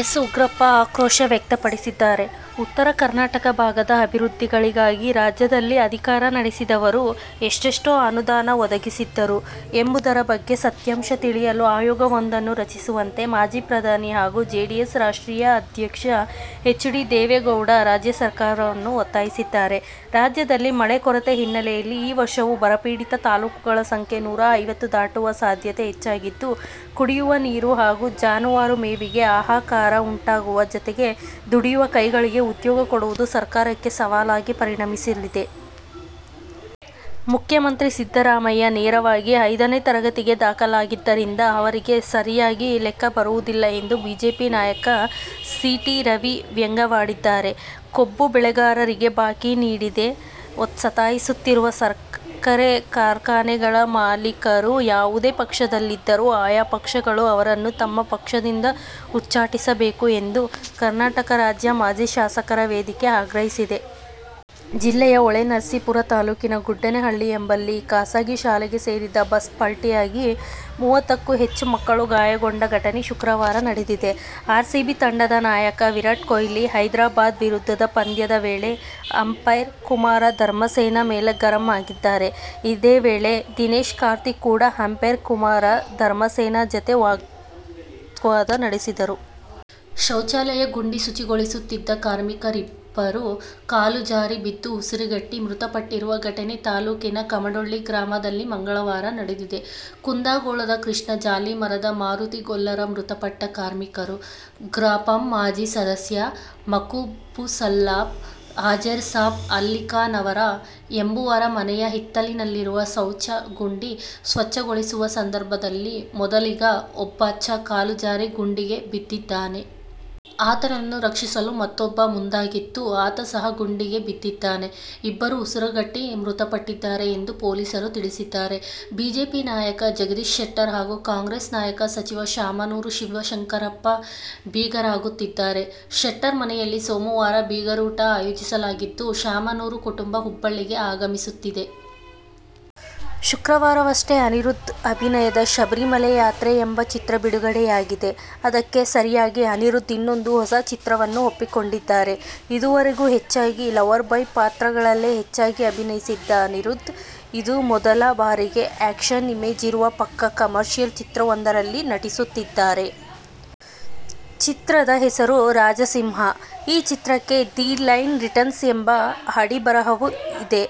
S. Ugrappa ಆಕ್ರೋಶ ವ್ಯಕ್ತಪಡಿಸಿದ್ದಾರೆ. ಉತ್ತರ ಕರ್ನಾಟಕ ಭಾಗದ ಅಭಿವೃದ್ಧಿಗಳಿಗಾಗಿ ರಾಜ್ಯದಲ್ಲಿ ಅಧಿಕಾರ ನಡೆಸಿದವರು ಎಷ್ಟೆಷ್ಟು ಅನುದಾನ ಒದಗಿಸಿದ್ದರು ಎಂಬುದರ ಬಗ್ಗೆ ಸತ್ಯಾಂಶ ತಿಳಿಯಲು ಆಯೋಗವೊಂದನ್ನು ರಚಿಸುವಂತೆ ಮಾಜಿ ಪ್ರಧಾನಿ ಹಾಗೂ ಜೆಡಿಎಸ್ ರಾಷ್ಟ್ರೀಯ ಅಧ್ಯಕ್ಷ ಎಚ್. ಡಿ. ದೇವೇಗೌಡ ರಾಜ್ಯ ಸರ್ಕಾರವನ್ನು ಒತ್ತಾಯಿಸಿದ್ದಾರೆ. ರಾಜ್ಯದಲ್ಲಿ ಮಳೆ ಕೊರತೆ ಹಿನ್ನೆಲೆಯಲ್ಲಿ ಈ ವರ್ಷವೂ ಬರಪೀಡಿತ ತಾಲೂಕುಗಳ ಸಂಖ್ಯೆ ನೂರಾ ಐವತ್ತು ದಾಟುವ ಸಾಧ್ಯತೆ ಹೆಚ್ಚಾಗಿದ್ದು, ಕುಡಿಯುವ ನೀರು ಹಾಗೂ ಜಾನುವಾರು ಮೇವಿಗೆ ಹಾಹಾಕಾರ ಉಂಟಾಗುವ ಜತೆಗೆ ದುಡಿಯುವ ಕೈಗಳಿಗೆ ಉದ್ಯೋಗ ಕೊಡುವುದು ಸರ್ಕಾರಕ್ಕೆ ಸವಾಲಾಗಿ ಪರಿಣಮಿಸಲಿದೆ. ಮುಖ್ಯಮಂತ್ರಿ ಸಿದ್ದರಾಮಯ್ಯ ನೇರವಾಗಿ ಐದನೇ ತರಗತಿಗೆ ದಾಖಲಾಗಿದ್ದರಿಂದ ಅವರಿಗೆ ಸರಿಯಾಗಿ ಲೆಕ್ಕಬರುವುದಿಲ್ಲ ಎಂದು ಬಿಜೆಪಿ ನಾಯಕ ಸಿ. ಟಿ. ರವಿ ವ್ಯಂಗ್ಯವಾಡಿದ್ದಾರೆ. ಕಬ್ಬು ಬೆಳೆಗಾರರಿಗೆ ಬಾಕಿ ನೀಡದೆ ಸತಾಯಿಸುತ್ತಿರುವ ಸಕ್ಕರೆ ಕಾರ್ಖಾನೆಗಳ ಮಾಲೀಕರು ಯಾವುದೇ ಪಕ್ಷದಲ್ಲಿದ್ದರೂ ಆಯಾ ಪಕ್ಷಗಳು ಅವರನ್ನು ತಮ್ಮ ಪಕ್ಷದಿಂದ ಉಚ್ಚಾಟಿಸಬೇಕು ಎಂದು ಕರ್ನಾಟಕ ರಾಜ್ಯ ಮಾಜಿ ಶಾಸಕರ ವೇದಿಕೆ ಆಗ್ರಹಿಸಿದೆ. ಜಿಲ್ಲೆಯ ಹೊಳೆನರಸಿಪುರ ತಾಲೂಕಿನ ಗುಡ್ಡೇನಹಳ್ಳಿ ಎಂಬಲ್ಲಿಖಾಸಗಿ ಶಾಲೆಗೆ ಸೇರಿದ ಬಸ್ ಪಲ್ಟಿಯಾಗಿ ಮುವತ್ತು ಕ್ಕೂ ಹೆಚ್ಚು ಮಕ್ಕಳು ಗಾಯಗೊಂಡ ಘಟನೆ ಶುಕ್ರವಾರ ನಡೆದಿದೆ. ಆರ್ಸಿಬಿ ತಂಡದ ನಾಯಕ ವಿರಾಟ್ ಕೊಹ್ಲಿ ಹೈದ್ರಾಬಾದ್ ವಿರುದ್ಧದ ಪಂದ್ಯದ ವೇಳೆ ಅಂಪೈರ್ ಕುಮಾರ ಧರ್ಮಸೇನಾ ಮೇಲೆ ಗರಂ ಆಗಿದ್ದಾರೆ. ಇದೇ ವೇಳೆ ದಿನೇಶ್ ಕಾರ್ತಿಕ್ ಕೂಡ ಅಂಪೈರ್ ಕುಮಾರ ಧರ್ಮಸೇನಾ ಜತೆ ವಾಗ್ವಾದ ನಡೆಸಿದರು. ಶೌಚಾಲಯ ಗುಂಡಿ ಶುಚಿಗೊಳಿಸುತ್ತಿದ್ದ ಕಾರ್ಮಿಕರಿಬ್ಬರು ಕಾಲುಜಾರಿ ಬಿದ್ದು ಉಸಿರುಗಟ್ಟಿ ಮೃತಪಟ್ಟಿರುವ ಘಟನೆ ತಾಲೂಕಿನ ಕಮಡೊಳ್ಳಿ ಗ್ರಾಮದಲ್ಲಿ ಮಂಗಳವಾರ ನಡೆದಿದೆ. ಕುಂದಗೋಳದ ಕೃಷ್ಣ ಜಾಲಿಮರದ, ಮಾರುತಿ ಗೊಲ್ಲರ ಮೃತಪಟ್ಟ ಕಾರ್ಮಿಕರು. ಗ್ರಾಪಂ ಮಾಜಿ ಸದಸ್ಯ ಮಕಬುಲ್ಸಾಬ ಹಜರೇಸಾಬ ಅಲ್ಲಿಖಾನವರ ಎಂಬುವರ ಮನೆಯ ಹಿತ್ತಲಿನಲ್ಲಿರುವ ಶೌಚ ಗುಂಡಿ ಸ್ವತ್ಛಗೊಳಿಸುವ ಸಂದರ್ಭದಲ್ಲಿ ಮೊದಲಿಗೆ ಒಬ್ಟಾತ ಕಾಲುಜಾರಿ ಗುಂಡಿಗೆ ಬಿದ್ದಿದ್ದಾನೆ. ಆತನನ್ನು ರಕ್ಷಿಸಲು ಮತ್ತೂಬ್ಬ ಮುಂದಾಗಿದ್ದು, ಆತ ಸಹ ಗುಂಡಿಗೆ ಬಿದ್ದಿದ್ದಾನೆ. ಇಬ್ಬರೂ ಉಸಿರುಗಟ್ಟಿ ಮೃತಪಟ್ಟಿದ್ದಾರೆ ಎಂದು ಪೊಲೀಸರು ತಿಳಿಸಿದ್ದಾರೆ. ಬಿಜೆಪಿ ನಾಯಕ ಜಗದೀಶ ಶೆಟ್ಟರ್ ಹಾಗೂ ಕಾಂಗ್ರೆಸ್ ನಾಯಕ, ಸಚಿವ ಶಾಮನೂರು ಶಿವಶಂಕರಪ್ಪ ಬೀಗರಾಗುತ್ತಿದ್ದಾರೆ. ಶೆಟ್ಟರ್ ಮನೆಯಲ್ಲಿ ಸೋಮವಾರ ಬೀಗರೂಟ ಆಯೋಜಿಸಲಾಗಿದ್ದು, ಶಾಮನೂರು ಕುಟುಂಬ ಹುಬ್ಬಳ್ಳಿಗೆ ಆಗಮಿಸುತ್ತಿದೆ. ಶುಕ್ರವಾರವಷ್ಟೇ ಅನಿರುದ್ಧ್ ಅಭಿನಯದ ಶಬರಿಮಲೆ ಯಾತ್ರೆ ಎಂಬ ಚಿತ್ರ ಬಿಡುಗಡೆಯಾಗಿದೆ. ಅದಕ್ಕೆ ಸರಿಯಾಗಿ ಅನಿರುದ್ಧ್ ಇನ್ನೊಂದು ಹೊಸ ಚಿತ್ರವನ್ನು ಒಪ್ಪಿಕೊಂಡಿದ್ದಾರೆ. ಇದುವರೆಗೂ ಹೆಚ್ಚಾಗಿ ಲವ್ವರ್ ಬಾಯ್ ಪಾತ್ರಗಳಲ್ಲೇ ಹೆಚ್ಚಾಗಿ ಅಭಿನಯಿಸಿದ್ದ ಅನಿರುದ್ಧ್, ಇದೋ ಮೊದಲ ಬಾರಿಗೆ ಆ್ಯಕ್ಷನ್ ಇಮೇಜ್ ಇರುವ ಪಕ್ಕಾ ಕಮರ್ಷಿಯಲ್ ಚಿತ್ರವೊಂದರಲ್ಲಿ ನಟಿಸುತ್ತಿದ್ದಾರೆ. ಚಿತ್ರದ ಹೆಸರು ರಾಜ ಸಿಂಹ. ಈ ಚಿತ್ರಕ್ಕೆ ದಿ ಲೈನ್ ರಿಟರ್ನ್ಸ್ ಎಂಬ ಅಡಿಬರಹವೂ ಇದೆ.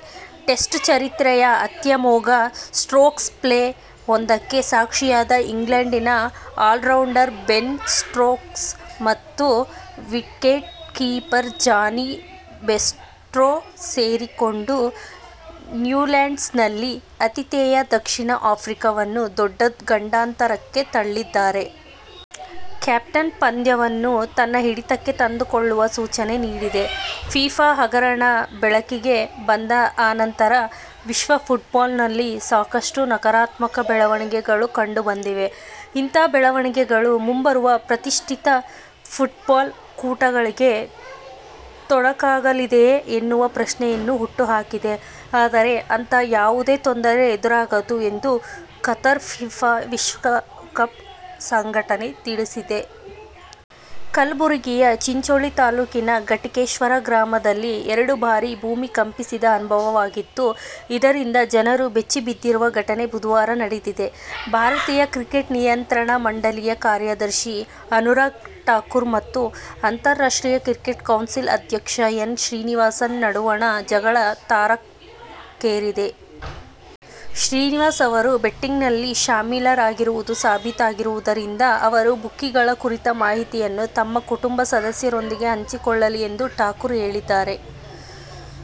ಟೆಸ್ಟ್ ಚರಿತ್ರೆಯ ಅತ್ಯಮೋಘ ಸ್ಟ್ರೋಕ್ಸ್ ಪ್ಲೇ ಒಂದಕ್ಕೆ ಸಾಕ್ಷಿಯಾದ ಇಂಗ್ಲೆಂಡಿನ ಆಲ್ರೌಂಡರ್ ಬೆನ್ ಸ್ಟೋಕ್ಸ್ ಮತ್ತು ವಿಕೆಟ್ ಕೀಪರ್ ಜಾನಿ ಬೇರ್ಸ್ಟೊ ಸೇರಿಕೊಂಡು ನ್ಯೂಲ್ಯಾಂಡ್ಸ್ ನಲ್ಲಿ ಆತಿಥೇಯ ದಕ್ಷಿಣ ಆಫ್ರಿಕಾವನ್ನು ದೊಡ್ಡ ಗಂಡಾಂತರಕ್ಕೆ ತಳ್ಳಿದ್ದಾರೆ. ಕೇಪ್ಟೌನ್ ಪಂದ್ಯವನ್ನೂ ತನ್ನ ಹಿಡಿತಕ್ಕೆ ತಂದುಕೊಳ್ಳುವ ಸೂಚನೆ ನೀಡಿದೆ. ಫಿಫಾ ಹಗರಣ ಬೆಳಕಿಗೆ ಬಂದ ಅನಂತರ ವಿಶ್ವ ಫುಟ್ಬಾಲ್ನಲ್ಲಿ ಸಾಕಷ್ಟು ನಕಾರಾತ್ಮಕ ಬೆಳವಣಿಗೆಗಳು ಕಂಡುಬಂದಿವೆ. ಇಂಥ ಬೆಳವಣಿಗೆಗಳು ಮುಂಬರುವ ಪ್ರತಿಷ್ಠಿತ ಫುಟ್ಬಾಲ್ ಕೂಟಗಳಿಗೆ ತೊಡಕಾಗಲಿದೆಯೇ ಎನ್ನುವ ಪ್ರಶ್ನೆಯನ್ನು ಹುಟ್ಟು ಹಾಕಿದೆ. ಆದರೆ ಅಂಥ ಯಾವುದೇ ತೊಂದರೆ ಎದುರಾಗದು ಎಂದು ಕತಾರ್ ಫಿಫಾ ವಿಶ್ವಕಪ್ ಸಂಘಟನೆ ತಿಳಿಸಿದೆ. ಕಲಬುರಗಿಯ ಚಿಂಚೋಳಿ ತಾಲೂಕಿನ ಗಡಿಕೇಶ್ವರ ಗ್ರಾಮದಲ್ಲಿ ಎರಡು ಬಾರಿ ಭೂಮಿ ಕಂಪಿಸಿದ ಅನುಭವವಾಗಿದ್ದು, ಇದರಿಂದ ಜನರು ಬೆಚ್ಚಿಬಿದ್ದಿರುವ ಘಟನೆ ಬುಧವಾರ ನಡೆದಿದೆ. ಭಾರತೀಯ ಕ್ರಿಕೆಟ್ ನಿಯಂತ್ರಣ ಮಂಡಲಿಯ ಕಾರ್ಯದರ್ಶಿ ಅನುರಾಗ್ ಠಾಕೂರ್ ಮತ್ತು ಅಂತಾರಾಷ್ಟ್ರೀಯ ಕ್ರಿಕೆಟ್ ಕೌನ್ಸಿಲ್ ಅಧ್ಯಕ್ಷ ಎನ್. ಶ್ರೀನಿವಾಸನ್ ನಡುವಣ ಜಗಳ ತಾರಕಕ್ಕೇರಿದೆ. ಶ್ರೀನಿವಾಸನ್ ಅವರು ಬೆಟ್ಟಿಂಗ್ನಲ್ಲಿ ಶಾಮೀಲಾಗಿರುವುದು ಸಾಬೀತಾಗಿರುವುದರಿಂದ ಅವರು ಬುಕ್ಕಿಗಳ ಕುರಿತ ಮಾಹಿತಿಯನ್ನು ತಮ್ಮ ಕುಟುಂಬ ಸದಸ್ಯರೊಂದಿಗೆ ಹಂಚಿಕೊಳ್ಳಲಿ ಎಂದು ಠಾಕೂರ್ ಹೇಳಿದ್ದಾರೆ.